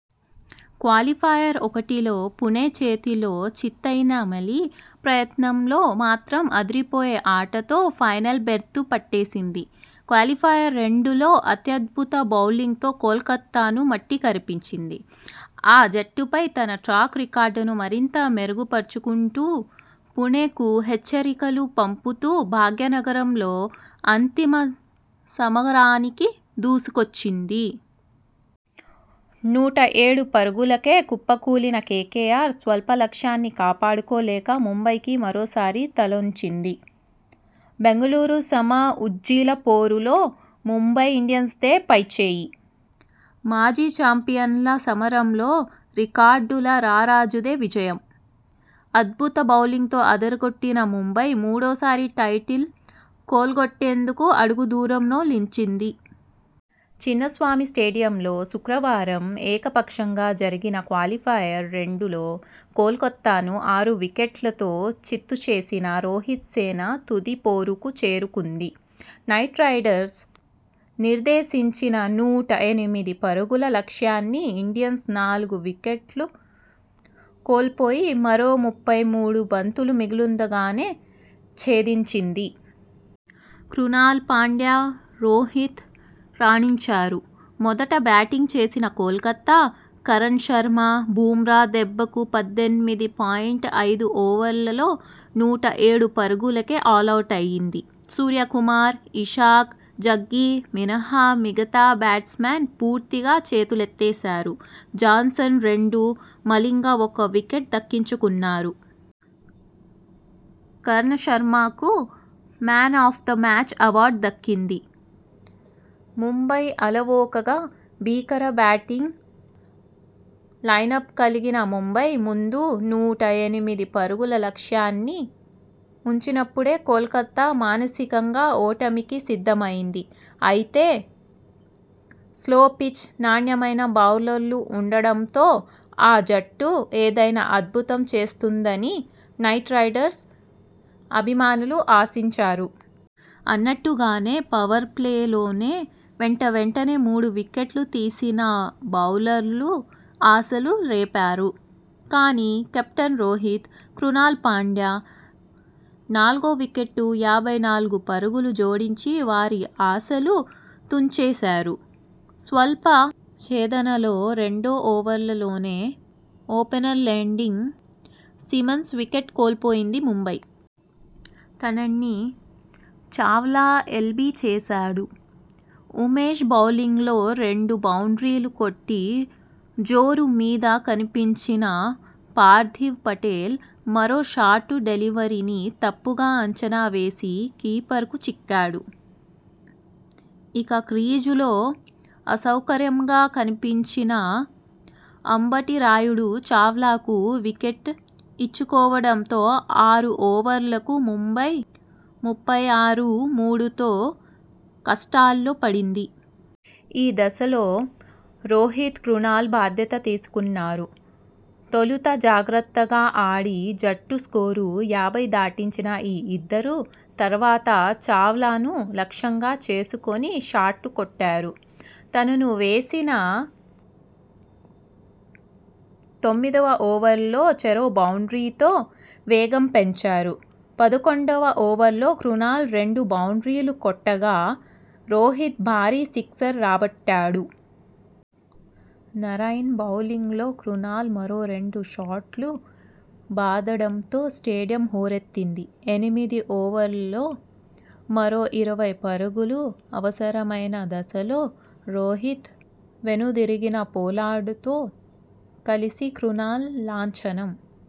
Qualifier ఒకటిలో పుణె చేతిలో చిత్తయినా మలి ప్రయత్నంలో మాత్రం అదిరిపోయే ఆటతో ఫైనల్ బెర్తు పట్టేసింది! క్వాలిఫయర్ రెండులో అత్యద్భుత బౌలింగ్తో కోల్కతాను మట్టికరిపించింది. ఆ జట్టుపై తన ట్రాక్ రికార్డును మరింత మెరుగు పరుచుకుంటూ పుణెకు హెచ్చరికలు పంపుతూ భాగ్యనగరంలో అంతిమ సమరానికి దూసుకొచ్చింది. నూట ఏడు పరుగులకే కుప్ప కూలిన కేకేఆర్ స్వల్ప లక్ష్యాన్ని కాపాడుకోలేక ముంబైకి మరోసారి తలొంచింది. బెంగళూరు సమ ఉజ్జీల పోరులో ముంబై ఇండియన్స్దే పైచేయి. మాజీ చాంపియన్ల సమరంలో రికార్డుల రారాజుదే విజయం. అద్భుత బౌలింగ్తో అదరగొట్టిన ముంబై, మూడోసారి టైటిల్ కొల్లగొట్టేందుకు అడుగు దూరంలో నిల్చింది. చిన్నస్వామి స్టేడియంలో శుక్రవారం ఏక పక్షంగా జరిగిన క్వాలిఫయర్ రెండు లో కోల్కతాను ఆరు వికెట్లతో చిత్తు చేసిన రోహిత్సేన తుది పోరుకు చేరుకుంది. నైట్ రైడర్స్ నిర్దేశించిన నూట ఎనిమిది పరుగుల లక్ష్యాన్ని ఇండియన్స్ నాలుగు వికెట్లు కోల్పోయి మరో ముప్పై మూడు బంతులు మిగిలుండ గానే ఛేదించింది. క్రునాల్ పాండ్యా, రోహిత్ రాణించారు. మొదట బ్యాటింగ్ చేసిన కోల్కతా, కరన్ శర్మ, బుమ్రా దెబ్బకు పద్దెనిమిది పాయింట్ ఐదు ఓవర్లలో నూట ఏడు పరుగులకే ఆలౌటైంది. సూర్యకుమార్, ఇషాంక్ జగ్గీ మినహా మిగతా బ్యాట్స్మెన్ పూర్తిగా చేతులెత్తేశారు. జాన్సన్ రెండు, మలింగ ఒక వికెట్ దక్కించుకున్నారు. కర్ణ్ శర్మకు 'man of the match' award దక్కింది. ముంబై అలవోకగా, భీకర బ్యాటింగ్ లైనప్ కలిగిన ముంబై ముందు నూట ఎనిమిది పరుగుల లక్ష్యాన్ని ఉంచినప్పుడే కోల్కతా మానసికంగా ఓటమికి సిద్ధమైంది. అయితే, స్లో పిచ్, నాణ్యమైన బౌలర్లు ఉండడంతో ఆ జట్టు ఏదైనా అద్భుతం చేస్తుందని నైట్ రైడర్స్ అభిమానులు ఆశించారు. అన్నట్టుగానే, పవర్ప్లేలోనే వెంట వెంటనే మూడు వికెట్లు తీసిన బౌలర్లు ఆశలు రేపారు. కానీ, కెప్టెన్ రోహిత్, క్రునాల్ పాండ్యా నాలుగో వికెట్కు యాభై నాలుగు పరుగులు జోడించి వారి ఆశలు తుంచేశారు. స్వల్ప ఛేదనలో రెండో ఓవర్లోనే ఓపెనర్ లెండిగ్ సిమన్స్ వికెట్ కోల్పోయింది ముంబై. తనణ్ణి చావ్లా ఎల్బీ చేశాడు. ఉమేష్ బౌలింగ్లో రెండు బౌండ్రీలు కొట్టి జోరు మీద కనిపించిన పార్థివ్ పటేల్ మరో షార్ట్ డెలివరీని తప్పుగా అంచనా వేసి కీపర్కు చిక్కాడు. ఇక, క్రీజులో అసౌకర్యంగా కనిపించిన అంబటి రాయుడు చావ్లాకు వికెట్ ఇచ్చుకోవడంతో ఆరు ఓవర్లకు ముంబై ముప్పై ఆరు ,మూడుతో కష్టాల్లో పడింది. ఈ దశలో రోహిత్, క్రునాల్ బాధ్యత తీసుకున్నారు. తొలుత జాగ్రత్తగా ఆడి జట్టు స్కోరు యాభై దాటించిన ఈ ఇద్దరూ తర్వాత చావ్లాను లక్ష్యంగా చేసుకొని షాట్ కొట్టారు. తనను వేసిన తొమ్మిదివ ఓవర్లో చెరో బౌండ్రీతో వేగం పెంచారు. పదకొండువ ఓవర్లో క్రునాల్ రెండు బౌండ్రీలు కొట్టగా రోహిత్ భారీ సిక్సర్ రాబట్టాడు. నరైన్ బౌలింగ్లో క్రునాల్ మరో రెండు షాట్లు బాదడంతో స్టేడియం హోరెత్తింది. ఎనిమిది ఓవర్లలో మరో ఇరవై పరుగులు అవసరమైన దశలో రోహిత్ వెనుదిరిగినా పొలార్డ్ తో కలిసి క్రునాల్ లాంఛనం